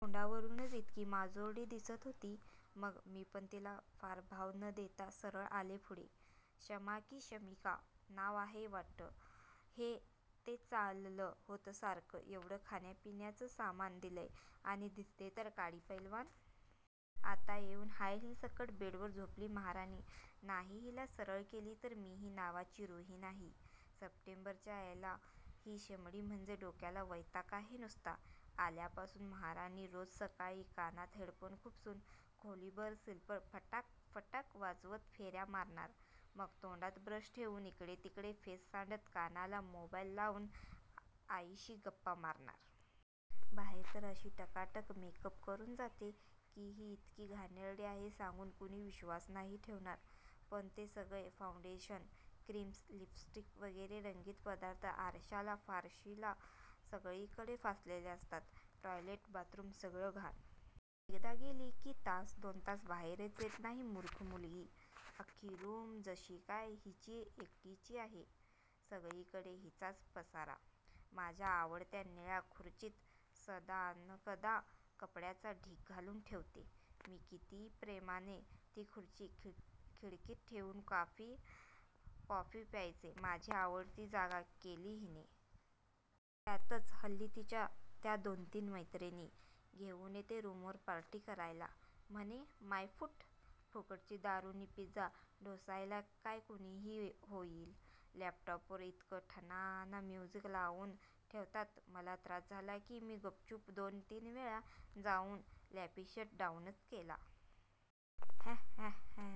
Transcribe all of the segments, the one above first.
तोंडावरूनच इतकी माजोरडी दिसत होती. मग मीपण तिला फार भाव न देता सरळ आले पुढे. शमा की शमिका नाव आहे वाट्ट. हे, ते चाललं होतं सारखं. एवढं खाण्या पिण्याचं सामान दिलंय, आणि दिसते तर काडी पैलवान. आत येऊन हाय हिल्ससकट बेडवर झोपली महाराणी! नाही हिला सरळ केली तर मीही नावाची रुही नाही! सप्टेंबर च्यायला ही शमडी म्हणजे डोक्याला वैताग आहे नुसता. आल्यापासून महाराणी रोज सकाळी कानात हेडफोन खुपसून खोलीभर स्लीपर फटाक फटाक वाजवत फेऱ्या मारणार, मग तोंडात ब्रश ठेऊन इकडे तिकडे फेस सांडत कानाला मोबाईल लावून आईशी गप्पा मारणार. बाहेर तर अशी टकाटक मेकअप करून जाते की ही इतकी घाणेरडी आहे सांगून कुणी विश्वास नाही ठेवणार. पण ते सगळे फाऊंडेशन, क्रीम्स, लिपस्टिक वगैरे रंगीत पदार्थ आरश्याला, फरशीला सगळीकडे फासलेले असतात. टॉयलेट, बाथरूम सगळं घाण. एकदा गेली की तास- दोन तास बाहेरच येत नाही मूर्ख मुलगी. अख्खी रूम जशीकाय हिची एकटीची आहे! सगळीकडे हिचाच पसारा. माझ्या आवडत्या निळ्या खुर्चीत सदानकदा कपड्यांचा ढीग घालून ठेवते. मी किती प्रेमाने ती खुर्ची खिडकीत ठेऊन कॉफी प्यायचे, माझी आवडती जागा केली हिने. त्यातच हल्ली तिच्या त्या दोन तीन मैत्रिणी घेऊन येते रूमवर पार्टी करायला. म्हणे! माय फूट! फुकटची दारू नि पिझ्झा ढोसायला काय कुणीही होईल. लॅपटॉपवर इतकं ठणाणा म्युझिक लावून ठेवतात. मला त्रास झाला की मी गुपचूप दोन तीनवेळा जाऊन लॅपी शट डाऊनच केला. हॅहॅहॅ,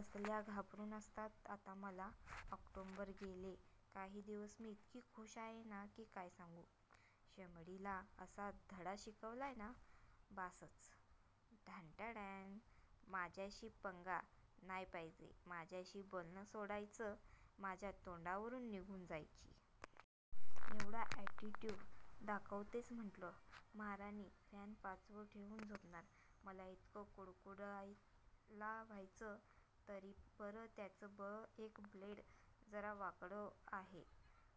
असल्या घाबरून असतात आता मला. ऑक्टोबर गेले काही दिवस मी इतकी खुश आहे ना की काय सांगू! शमडीला अस्सा धडा शिकवलाय ना, बासच! ढाणटडॅण! माझ्याशी पंगा नाय पायजे. माझ्याशी बोलणं सोडाच, माझ्या तोंडावरून निघून जायची. एवढा ऍटीट्यूड! दाखवतेच म्हटलं. महाराणी फॅन पाचवर ठेऊन झोपणार, मला इतकं कुडकुडायला व्हायचं. तरी बरं त्याचं एक ब्लेड जरा वाकडं आहे,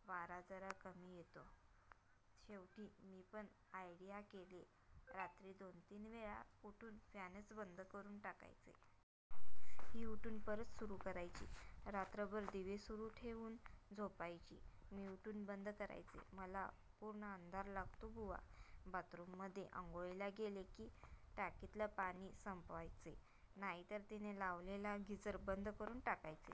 वारा जरा कमी येतो. शेवटी मीपण आयडिया केली. रात्री दोनतीन वेळा उठून फॅनच बंद करून टाकायचे. ही उठून परत सुरू करायची. रात्रभर दिवे सुरू ठेऊन झोपायची, मी उठून बंदच करायचे. मला पूर्ण अंधार लागतो बुवा. बाथरूममध्ये आंघोळीला गेले की टाकीतलं पाणीच संपवायचे, नाहीतर तिने लावलेला गिझरच बंद करून टाकायचे.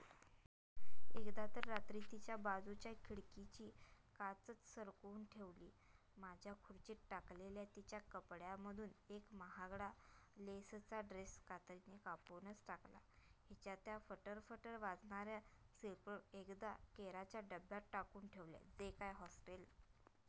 एकदा तर रात्री तिच्या बाजूच्या खिडकीची काचच सरकवून ठेवली. माझ्या खुर्चीत टाकलेल्या तिच्या कपड्यामधून एक महागडा लेसचा ड्रेस कात्रीने कापूनच टाकला. तिच्या त्या फटर फटर वाजणाऱ्या स्लीपर एकदा केराच्या डब्यात टाकून ठेवल्या, जे काय हॉस्टेल